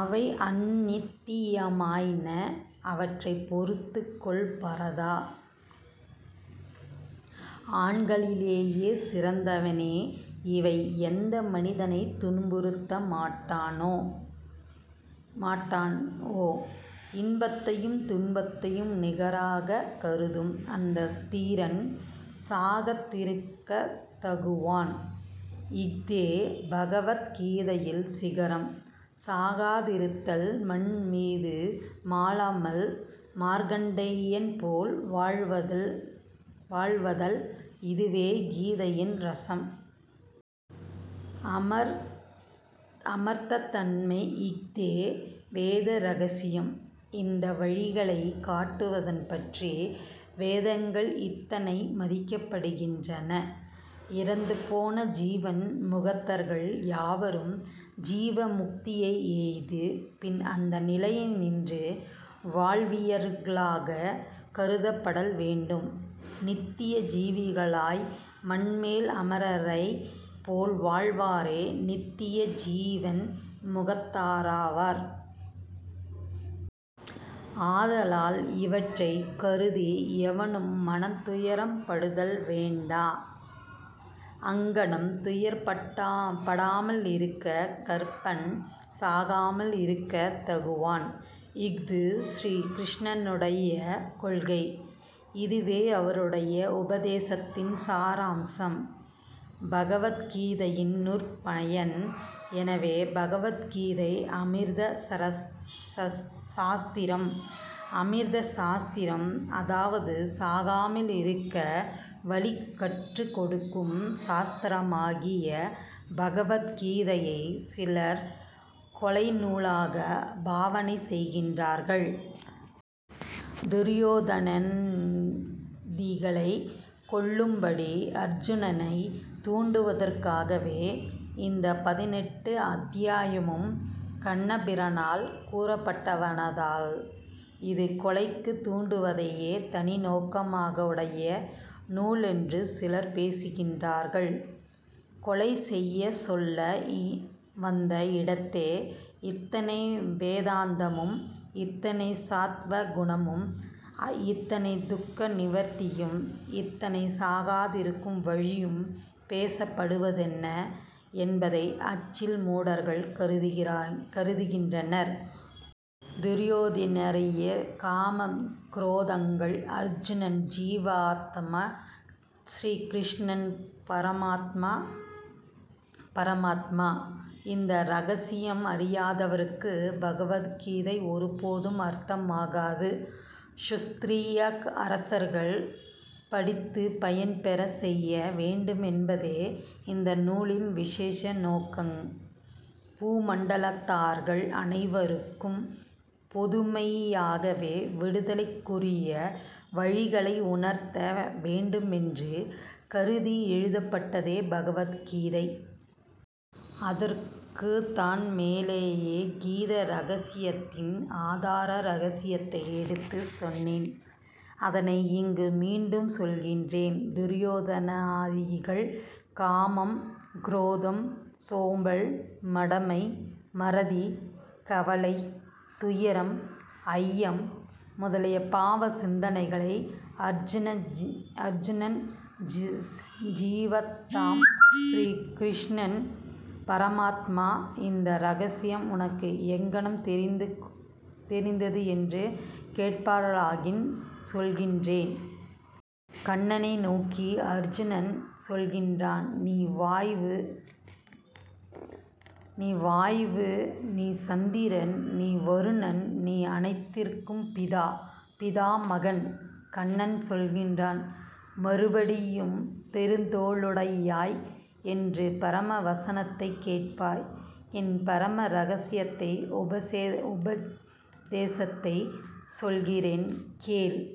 அவை அநித்தியமாயின. அவற்றைப் பொறுத்துக் கொள், பாரதா! ஆண்களிலேயே சிறந்தவனே, இவை எந்த மனிதனைத் துன்புறுத்தமாட்டாணோ மாட்டாவோ, இன்பத்தையும் துன்பத்தையும் நிகராகக் கருதும் அந்தத் தீரன் சாகதிருக்கத் தகுவான். இஃதே பகவத் கீதையின் சிகரம். சாகாதிருத்தல், மண் மீது மாளாமல் மார்க்கண்டேயன் போல் வாழ்வது வாழ்வதல், இதுவே கீதையின் ரசம். அமர் அமதத்தன்மை. இஃதே வேத ரகசியம். இந்த வழியைக் காட்டுவது பற்றியே வேதங்கள் இத்தனை மதிக்கப்படுகின்றன. இறந்து போன ஜீவன் முக்தர்கள் யாவரும் ஜீவன் முக்தியை எய்திய பின் அந்த நிலையினின்றும் வாழ்வியவர்களாகவே கருதப்படல் வேண்டும். நித்திய ஜீவிகளாய் மண்மேல் அமரரைப் போல் வாழ்வாரே நித்திய ஜீவன் முக்தராவர். ஆதலால் இவற்றைக் கருதி எவனும் மனத்துயரப்படுதல் வேண்டா. அங்ஙனம் துயரப்படாமலிருக்கக் கற்பான் சாகாமலிருக்கத் தகுவான். இஃது ஸ்ரீ கிருஷ்ணனுடைய கொள்கை. இதுவே அவருடைய உபதேசத்தின் சாராம்சம். பகவத் கீதையின் நூற்பயன். எனவே பகவத் கீதை அமிர்த சாஸ்திரம். அமிர்த சாஸ்திரம், அதாவது சாகாமலிருக்க வழி கற்றுக் கொடுக்கும் சாஸ்திரமாகிய பகவத் கீதையைச் சிலர் கொலை நூலாகப் பாவனை செய்கிறார்கள். துரியோதனாதிகளைக் கொல்லும்படி அர்ஜுனனைத் தூண்டுவதற்காகவே, இந்தப் பதினெட்டு அத்தியாயமும் கண்ணபிரானால் கூறப்பட்டனவாதலால், இது கொலைக்குத் தூண்டுவதையே தனி நோக்கமாகவுடைய நூலென்று சிலர் பேசுகின்றார்கள். கொலை செய்யச் சொல்ல வந்த இடத்தே, இத்தனை வேதாந்தமும், இத்தனை சத்வ குணமும், இத்தனை துக்க நிவர்த்தியும், இத்தனை சாகாதிருக்க வழியும் பேசப்படுவதென்ன என்பதை அச்சில மூடர்கள் கருதுகின்றனர். துரியோதனாதியர் காமக் குரோதங்கள். அர்ஜுனன் ஜீவாத்மா. ஸ்ரீ கிருஷ்ணன் பரமாத்மா பரமாத்மா. இந்த ரகசியம் அறியாதவருக்குப் பகவத் கீதை ஒருபோதும் அர்த்தமாகாது. க்ஷத்திரிய அரசர்கள் படித்துப் பயன்பெறச் செய்ய வேண்டுமென்பதே இந்த நூலின் விசேஷ நோக்கம். பூமண்டலத்தார்கள் அனைவருக்கும் பொதுமையாகவே விடுதலைக்குரிய வழிகளை உணர்த்த வேண்டுமென்று கருதி எழுதப்பட்டதே பகவத் கீதை. அதற்குத்தான் மேலேயே கீதா ரகசியத்தின் ஆதார ரகசியத்தை எடுத்துச் சொன்னேன். அதனை, இங்கு மீண்டும் சொல்லுகிறேன். துரியோதனாதிகள் காமம், குரோதம், சோம்பல், மடமை, மறதி, கவலை, துயரம், ஐயம் முதலிய பாவ சிந்தனைகள். அர்ஜுனன் ஜீவாத்மா. ஸ்ரீ கிருஷ்ணன் பரமாத்மா. இந்த ரகசியம் உனக்கு எங்ஙனம் தெரிந்ததென்று கேட்பீர்களாயின், சொல்ன்கிறேன். கண்ணனை நோக்கி அர்ஜுனன் சொல்லுகிறான், நீ வாய்வு நீ வாய்வு நீ வருணன், நீ அனைத்திற்கும் பிதா, பிதாமகன். கண்ணன் சொல்லுகிறான், மறுபடியும், பெருந்தோளுடையாய், எனது பரம வசனத்தைக் கேட்பாய். என் பரம ரகசியமான உபதேசத்தைச் சொல்கிறேன், கேள்.